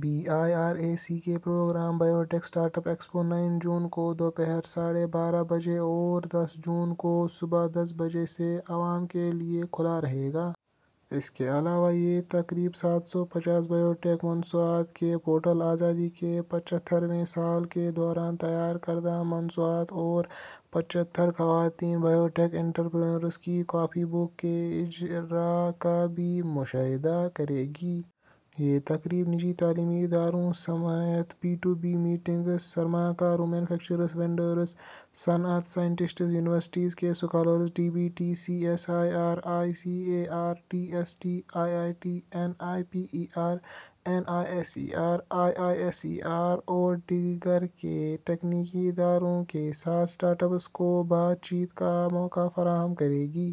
Be I R A C کے programme biotech startup expo نو جون کو دوپہر ساڑھے بارہ بجے سے اور دس جون کو صبح دس بجے سے عوام کے لیے کھلا رہے گا۔ اس کے علاوہ، یہ تقریب سات سو پچاس بائیوٹیک مصنوعات کے ای پورٹل، آزادی کے پچھتر ویں سال کے دوران تیار کردہ مصنوعات اور پچھتر خواتین بایوٹیک انٹرپرینیورز کی کافی بک کے اجراء کا بھی مشاہدہ کرے گی۔ یہ تقریب، نجی تعلیمی اداروں سمیت بی ٹو بی میٹنگز، سرمایہ کاروں، مینوفیکچررز، وینڈرز، صنعت، سائنسدانوں، یونیورسٹیوں کے scholars, D B T, C S I R, I C A R, D S T, I I T, N I P E R, N I S E R, I I S E R اور دیگر کے تحقیقی اداروں کے ساتھ startups کو بات چیت کا موقع فراہم کرے گی۔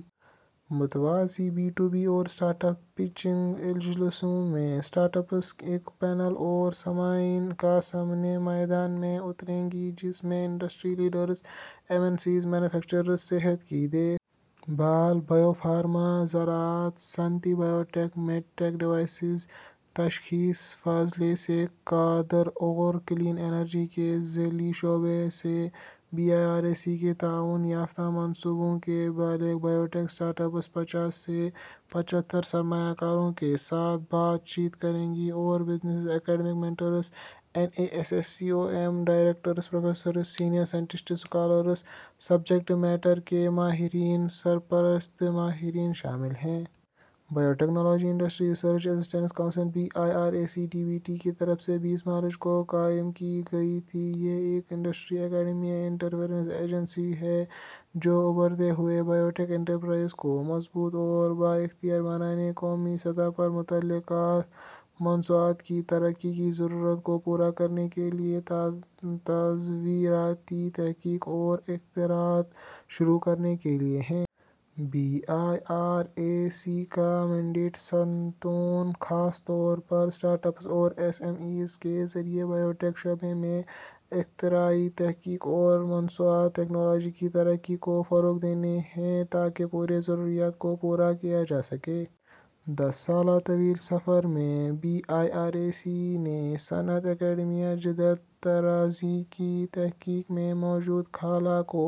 متوازی بی ٹو بی اور اسٹارٹ اپ پیچنگ اجلاسوں میں، اسٹارٹ اپس ایک پینل اور سامعین کے سامنے میدان میں اتریں گے جس میں industry leaders, M N Cs, manufacturers, صحت کی دیکھ بھال، بائیو فارما، زراعت، صنعتی بائیوٹیک، میڈٹیک ڈیوائسز، تشخیص، فضلہ سے قدر اور کلین انرجی کے ذیلی شعبے سے be I R A C کے تعاون یافتہ منصوبوں کے بالغ بائیوٹیک اسٹارٹ اپس پچاس سے پچھتر سرمایہ کاروں کے ساتھ بات چیت کریں گے اور business academic mentors, NASSCOM, directors, professor, senior science دان، اسکالرز، سبجیکٹ میٹرز کے ماہرین، سرپرست، ماہرین شامل ہیں۔ Biotechnology industry research assistance council, D B T کی طرف سے بیس مارچ کو قائم کی گئی تھی۔ یہ ایک انڈسٹری-اکیڈمیا انٹرفیس ایجنسی ہے جو ابھرتے ہوئے بائیوٹیک انٹرپرائز کو مضبوط اور بااختیار بنانے، قومی سطح پر متعلقہ مصنوعات کی ترقی کی ضروریات کو پورا کرنے کے لیے، تزویراتی تحقیق اور اختراعات شروع کرنے کے لیے ہے۔ بی آئی آر اے سی کا مینڈیٹ صنعتوں، خاص طور پر اسٹارٹ اپس اور ایس ایم ایز کے ذریعے بائیوٹیک شعبہ میں اختراعی تحقیق اور مصنوعات/ٹیکنالوجی کی ترقی کو فروغ دینا ہے تاکہ پوری ضروریات کو پورا کیا جا سکے۔ دس سالہ طویل سفر میں، بی آئی آر اے سی نے صنعت-اکیڈمیا جدت طرازی کی تحقیق میں موجودہ خلا کو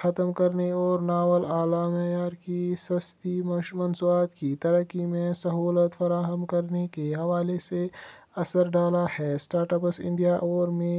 ختم کرنے اور ناول، اعلیٰ معیار کی سستی مصنوعات کی ترقی میں سہولت فراہم کرنے کے حوالے سے اثر ڈالا ہے۔ اسٹارٹ اپ انڈیا اور میک